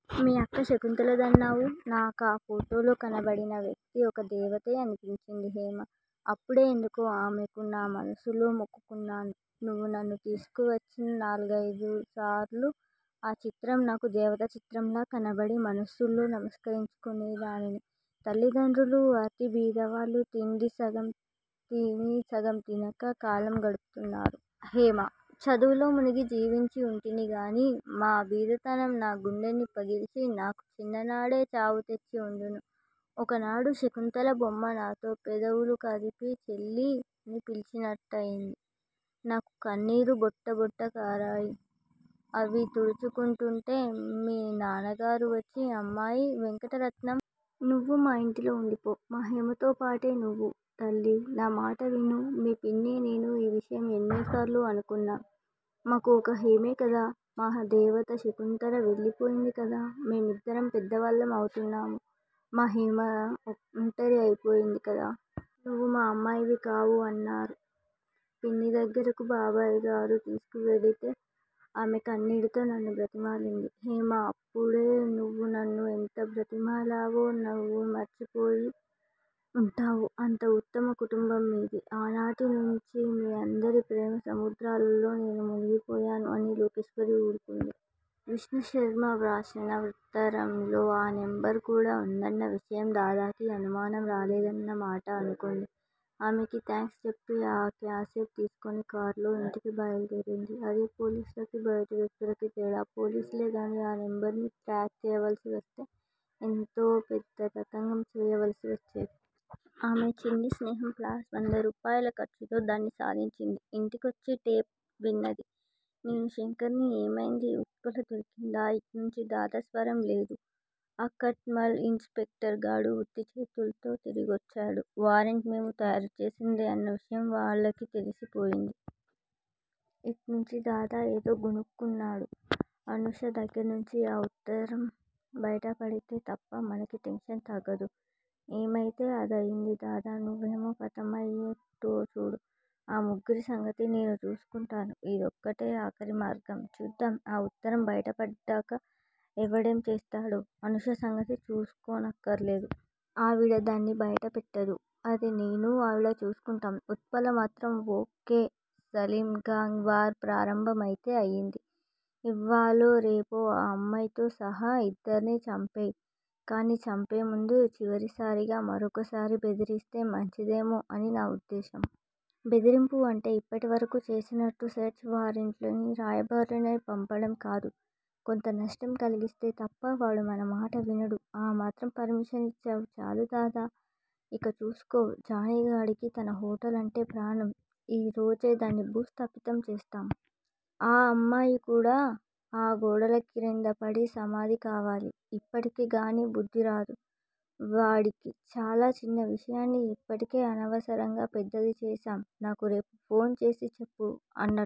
మీ అక్క శకుంతలదన్నావు. నాకా ఫొటోలో కనబడిన వ్యక్తి ఒక దేవతే అనిపించింది హేమా. అప్పుడే ఎందుకో ఆమెకు నా మనస్సులో మొక్కుకొన్నాను. నువ్వు నన్ను తీసుకువచ్చిన నాల్గయిదుసారులు ఆ చిత్రం నాకు దేవతా చిత్రంలా కనబడి మనస్సులో నమస్కరించుకొనేదానిని. తల్లిదండ్రులు అతి బీదవాళ్ళు. తిండి సగం తినీ సగం తినకా కాలం గడుపుతున్నారు. హేమా, చదువులో మునిగి జీవించి ఉంటిని గాని మా బీదతనం నా గుండె పగిల్చి నాకు చిన్ననాడే చావుతెచ్చిఉండును. ఒకనాడు శకుంతల బొమ్మ నాతో పెదవులు కదిపి చెల్లీ అని పిలచినట్లయింది. నాకు కన్నీరు బొటబొట కారాయి. అవి తుడుచుకొంటూంటే మీ నాన్నగారు వచ్చి అమ్మాయీ వెంకటరత్నం! నువ్వు మా యింటిలో వుండిపో. మా హేమతోపాటే నువ్వు. తల్లీ, నా మాట విను. మీ పిన్నీ, నేనూ ఈ విషయం ఎన్నిసార్లో అనుకున్నాం. మాకు ఒక్క హేమే కదా! మా దేవత శకుంతల వెళ్ళిపోయింది కదా! మేం ఇద్దరం పెద్దవాళ్ళ మవుతున్నాము. మా హేమ ఒంటరి అయిపోయింది కదా! నువ్వు మా అమ్మాయివి కావూ? అన్నారు. పిన్ని దగ్గరకు బాబాయిగారు తీసుకువెడితే, ఆమె కళ్ళనీళ్ళతో నన్ను బ్రతిమాలింది. హేమా! అప్పుడు నువ్వూ నన్ను ఎంత బ్రతిమాలినావో, నువ్వు మరిచిపోయి ఉంటావు. అంత ఉత్తమ కుటుంబం మీది. ఆనాటినుంచీ మీ అందరి ప్రేమసముద్రాలలో నేను మునిగిపోయాను! అని లోకేశ్వరి ఊరుకుంది. విష్ణు శర్మ వ్రాసిన వుత్తరంలో ఆ నెంబర్ కూడా వుందన్న విషయం, దాదాకి అనుమానం రాలేదన్నమాట అనుకుంది. ఆమెకి థాంక్స్ చెప్పి ఆ క్యాసెట్ తీసుకుని కారులో ఇంటికి బయల్దేరింది. అదే పోలీసులకీ, బయటి వ్యక్తులకీ తేడా! పోలీసులే గానీ ఈ నెంబర్ ని ట్రాప్ చేయవలసి వస్తే ఎంతో పెద్ద తతంగం చేయవలసి వచ్చేది. ఆమె చిన్న స్నేహం ప్లస్ వంద రూపాయిల ఖర్చుతో దాన్ని సాధించింది. ఇంటికొచ్చి టేప్ విన్నది. నేనూ శంకర్ ని ఏమైంది? ఉత్పల దొరికిందా? ఇట్నుంచి దాదా స్వరం. లేదు. ఆ కట్ మల్ ఇన్ స్పెక్టర్ గాడు వుత్తిచేతుల్తో తిరిగొచ్చాడు. వారెంటు మేము తయారుచేసిందే అన్న విషయం వాళ్ళకి తెలిసిపోయింది. ఇట్నుంచి దాదా ఏదో గొణుక్కున్నాడు. అనూష దగ్గిర్నుంచి ఆ వుత్తరం బయటపడితే తప్ప మనకీ టెన్షన్ తగ్గదు. ఏమయితే అదయింది దాదా. నువ్వామె ఖతమయ్యేట్టు చూడు. ఈ ముగ్గురి సంగతి నేను చూసుకుంటాను. ఇదొక్కటే ఆఖరి మార్గం. చూద్దాం ఆ వుత్తరం బయట పడ్డాక ఎవడేం చేస్తాడో అనూష సంగతి చూసుకోనక్కర్లేదు. ఆవిడ దాన్ని బయటపెట్టదు. అది నేనూ ఆవిడా చూసుకుంటాం. ఉత్పల మాత్రం okay Salim- gang war ప్రారంభం అయితే అయింది. ఇవ్వాళో రేపో ఆ అమ్మాయితో సహా ఇద్దర్నీ చంపెయ్యి. కానీ చంపేముందు చివరిసారిగా మరొకసారి బెదిరిస్తే మంచిదేమో అని నా వుద్దేశ్యం. బెదిరింపు అంటే ఇప్పటివరకూ చేసినట్టు సెర్చి వారెంట్లని- రాయబారులని పంపటం కాదు. కొంత నష్టం కలిగిస్తే తప్ప వాడు మనమాట వినడు. ఆ మాత్రం పర్మిషన్ ఇచ్చావ్ చాలు దాదా! ఇక చూసుకో! జానీగాడికి తన హొటల్ అంటే ప్రాణం. ఈ రోజే దాన్ని భూస్థాపితం చేస్తాం. ఆ అమ్మాయి కూడా ఆ గోడల క్రిందపడి సమాధి కావాలి. అప్పటికి గానీ బుద్ధిరాదు వాడికి. చాలా చిన్న విషయాన్ని ఇప్పటికే అనవసరంగా పెద్దది చేసాం నాకు రేపు ఫోన్ చేసి చెప్పు. అన్నట్టు